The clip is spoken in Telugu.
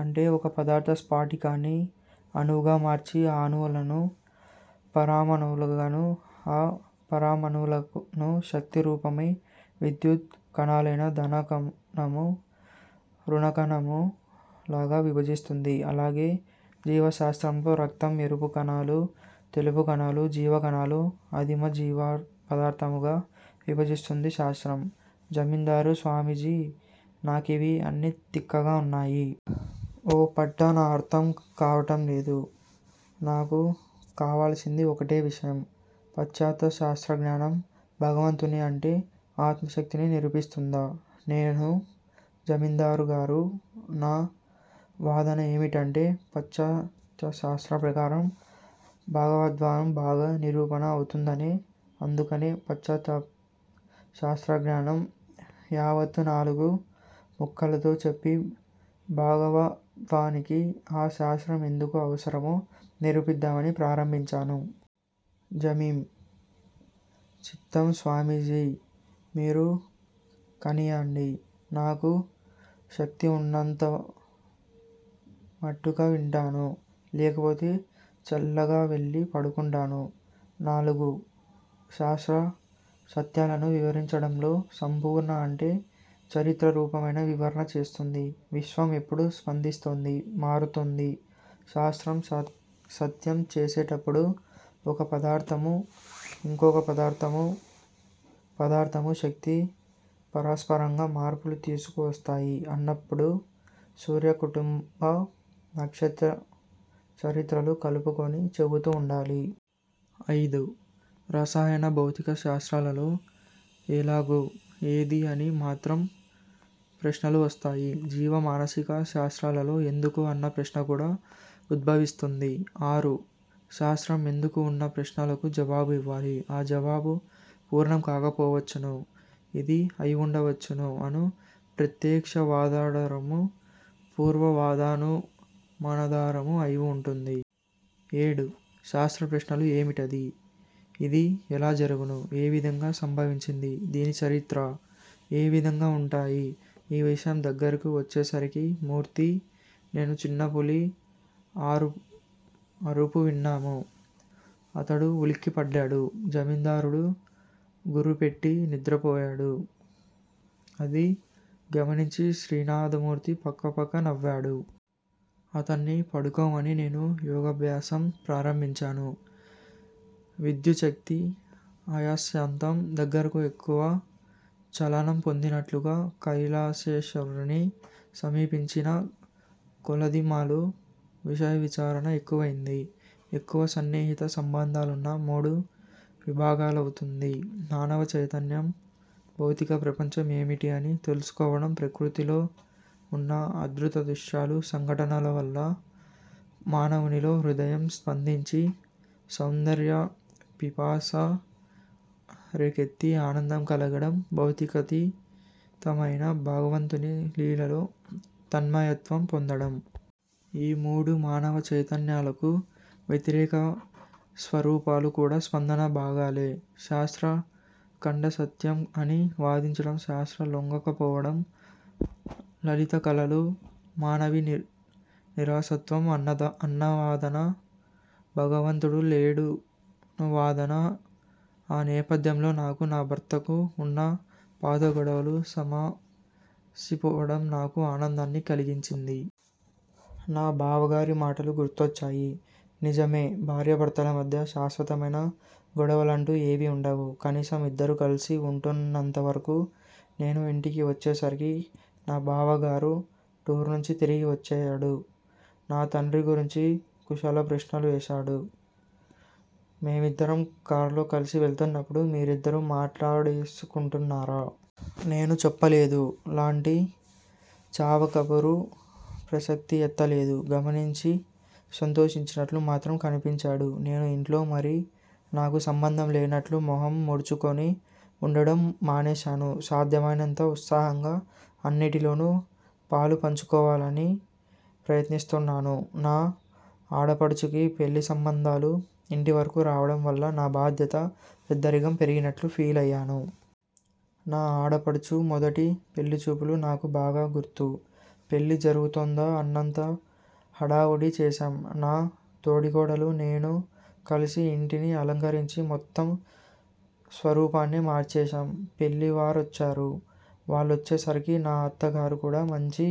అంటే ఒక పదార్ధ స్పటికాన్ని అణువుగా మార్చి, ఆ అణువులను పరమాణువులుగానూ, ఆ పరమాణువులను శక్తి రూపమై విద్యుత్ కణాలైన ధనకణము, రుణకణము లగా విభజిస్తుంది. అల్లాగే జీవశాస్త్రంలో రక్తం ఎరుపు కణాలు, తెలుపు కణాలు, జీవకణాలు ఆదిమ జీవపదార్ధము గా విభజిస్తుంది శాస్త్రం. జమీందారు స్వామీజీ నా కివి అన్నీ తిక్కగా ఉన్నాయి. ఓ పట్టా న అర్ధం కావటంలేదు. నాకు కావలసింది ఒక్కటే విషయం. పాశ్చాత్య శాస్త్రజ్ఞానం భగవంతుణ్ని, అంటే ఆత్మశక్తిని నిరూపిస్తుందా? నేను: జమీందారుగారూ! నా వాదన ఏమిటంటే, పాశ్చాత్యశాస్త్ర ప్రకారం భగవద్బావం బాగా నిరూపణ అవుతుందనే! అందుకనే పాశ్చత్య శాస్త్రజ్ఞానం యావత్తూ నాలుగు ముక్కలలో చెప్పి, భగవద్భావానికి ఆ శాస్త్రం ఎందుకు అవసరమో నిరూపిద్దామని ప్రారంభించాను. జమీం: చిత్తం స్వామీజీ! మీరు కానీయండి. నాకు శక్తి ఉన్నంత మట్టుకు వింటాను. లేకపోతే చల్లగావెళ్ళి పడుకుంటాను. ''నాలుగు: శాస్త్ర సత్యాలను వివరించడంలో సంపూర్ణ, అంటే చరిత్ర రూపమైన, వివరణ చేస్తుంది. విశ్వం ఎప్పుడూ స్పందిస్తోంది, మారుతోంది. శాస్త్రం సత్యం చెసేటప్పుడు ఒక పదార్ధమూ, ఇంకోపదార్ధమూ, పదార్ధమూ, శక్తీ పరస్పరంగా మార్పులు తీసుకువస్తాయి అన్నప్పుడు సూర్యకుటుంబ, నక్షత్ర చరిత్రలు కలుపుకొని చెబుతూ ఉండాలి. అయిదు: రసాయన భౌతిక శాస్త్రాలలో ''ఏలాగు '', ''ఏది'' అని మాత్రం ప్రశ్నలు వస్తాయి. జీవ, మానసిక శాస్త్రాలలో ''ఎందుకు ''అన్న ప్రశ్న కూడా ఉద్భవిస్తుంది. ఆరు: శాస్త్రం ఎందుకు అన్న ప్రశ్నకు జవాబు ఇవ్వాలి. ఆ జవాబు పూర్ణం కాకపోవచ్చును. ఇది అయివుండవచ్చును అను ప్రత్యక్షవాదాఢారము, పూర్వవాదానుమానాధారము అయివుంటుంది. ఏడు: శాస్త్ర ప్రశ్నలు, ''ఏమిటిది'' ''ఇది ఎలా జరుగును? '' ''ఏ విధంగా సంభవించింది? '' ''దీని చరిత్ర? ఈవిధంగా వుంటాయి. '' ఈవిషయం దగ్గరకు వచ్చేసరికి మూర్తీ, నేనూ చిన్నపులి అఱుపు విన్నాము. అతడు ఉలికిపడ్డాడు. జమీందారుడు గుఱ్ఱు పెట్టి నిద్రపోయడు. అది గమనించి శ్రీనాథమూర్తి పకపక నవ్వాడు. అతన్ని పడుకోమని నేను యోగాభ్యాసం ప్రారంభించాను. విద్యుచ్చక్తి, అయస్కాంతం దగ్గరకు ఎక్కువ చలనం పొందినట్లుగా, కైలసేశ్వరుని సమీపించిన కొలదీ మాలో విషయ విచారణ ఎక్కువైంది. ఎక్కువ సన్నిహిత సంబంధాలున్న మూడు విభాగాలవుతుంది మానవ చైతన్యం. భౌతిక ప్రపంచం ఏమిటి అని తెలుసుకోవడం ప్రకృతిలో ఉన్న అద్భుతదృశ్యాలు, సంఘటనవల్ల మానవునిలో హృదయం స్పందించి, సౌందర్య పిపాస రేకెత్తి ఆనందం కలగడం, భౌతికాతీతమైన భగవంతుని లీలలో తన్మయత్వం పొందడం. ఈ మూడు మానవ చైతన్యాలకూ వ్యతిరేక స్వరూపాలు కూడా స్పందన భాగాలే. శాస్త్రం ఖండసత్యం అని వాదించడం, శాస్త్రం లొంగకపోవడం, లలిత కళలు మానవనీరసత్వం అన్నవాదన, భగవంతుడు లేడనువాదన. ఆ నేపథ్యంలో నాకూ, నా భర్తకూ వున్న పాత గొడవలు సమసిపోవడం నాకు ఆనందాన్ని కలిగించింది. నా బావగారి మాటలు గుర్తొచ్చాయి. నిజమే భార్యాభర్తల మధ్య శాశ్వతమైన గొడవలంటూ ఏవీ వుండవు. కనీసం ఇద్దరూ కలిసి వుంటున్నంతవరకూ! నేను ఇంటికి వచ్చేసరికి నా బావగారు టూర్ నుంచి తిరిగి వచ్చాడు. నా తండ్రి గురించి కుశల ప్రశ్నలు వేశాడు. మేమిద్దరం కారులో కలిసి వెళ్తున్నప్పుడు మీరిద్దరూ మాట్లాడేసుకుంటున్నారా? నేను చెప్పలేదూ! లాంటి చవకబారు ప్రసక్తి ఎత్తలేదు. గమనించి సంతోషించినట్టు మాత్రం కనిపించాడు. నేను ఇంట్లో మరీ నాకు సంబంధం లేనట్లూ, మొహం ముడుచుకునీ వుండడం మానేశాను. సాధ్యమైనంత ఉత్సాహంగా అన్నింటిలోనూ పాలుపంచుకోవాలని ప్రయత్నిస్తున్నాను. నా ఆడపడుచుకి పెళ్ళి సంబంధాలు ఇంటివరకూ రావడం వల్ల నా బాధ్యత, పెద్దరికం పెరిగినట్టు ఫీలయ్యాను. నా ఆడపడుచు మొదటి పెళ్ళిచూపులు నాకు బాగా గుర్తు. పెళ్ళి జరుగుతోందా అన్నంత హడావుడి చేశాం. నా తోడికోడలూ, నేనూ కలిసి యింటిని అలంకరించి మొత్తం స్వరూపాన్నే మార్చేశాం. పెళ్ళివారొచ్చారు. వాళ్ళొచ్చేసరికి నా అత్తగారు కూడా మంచి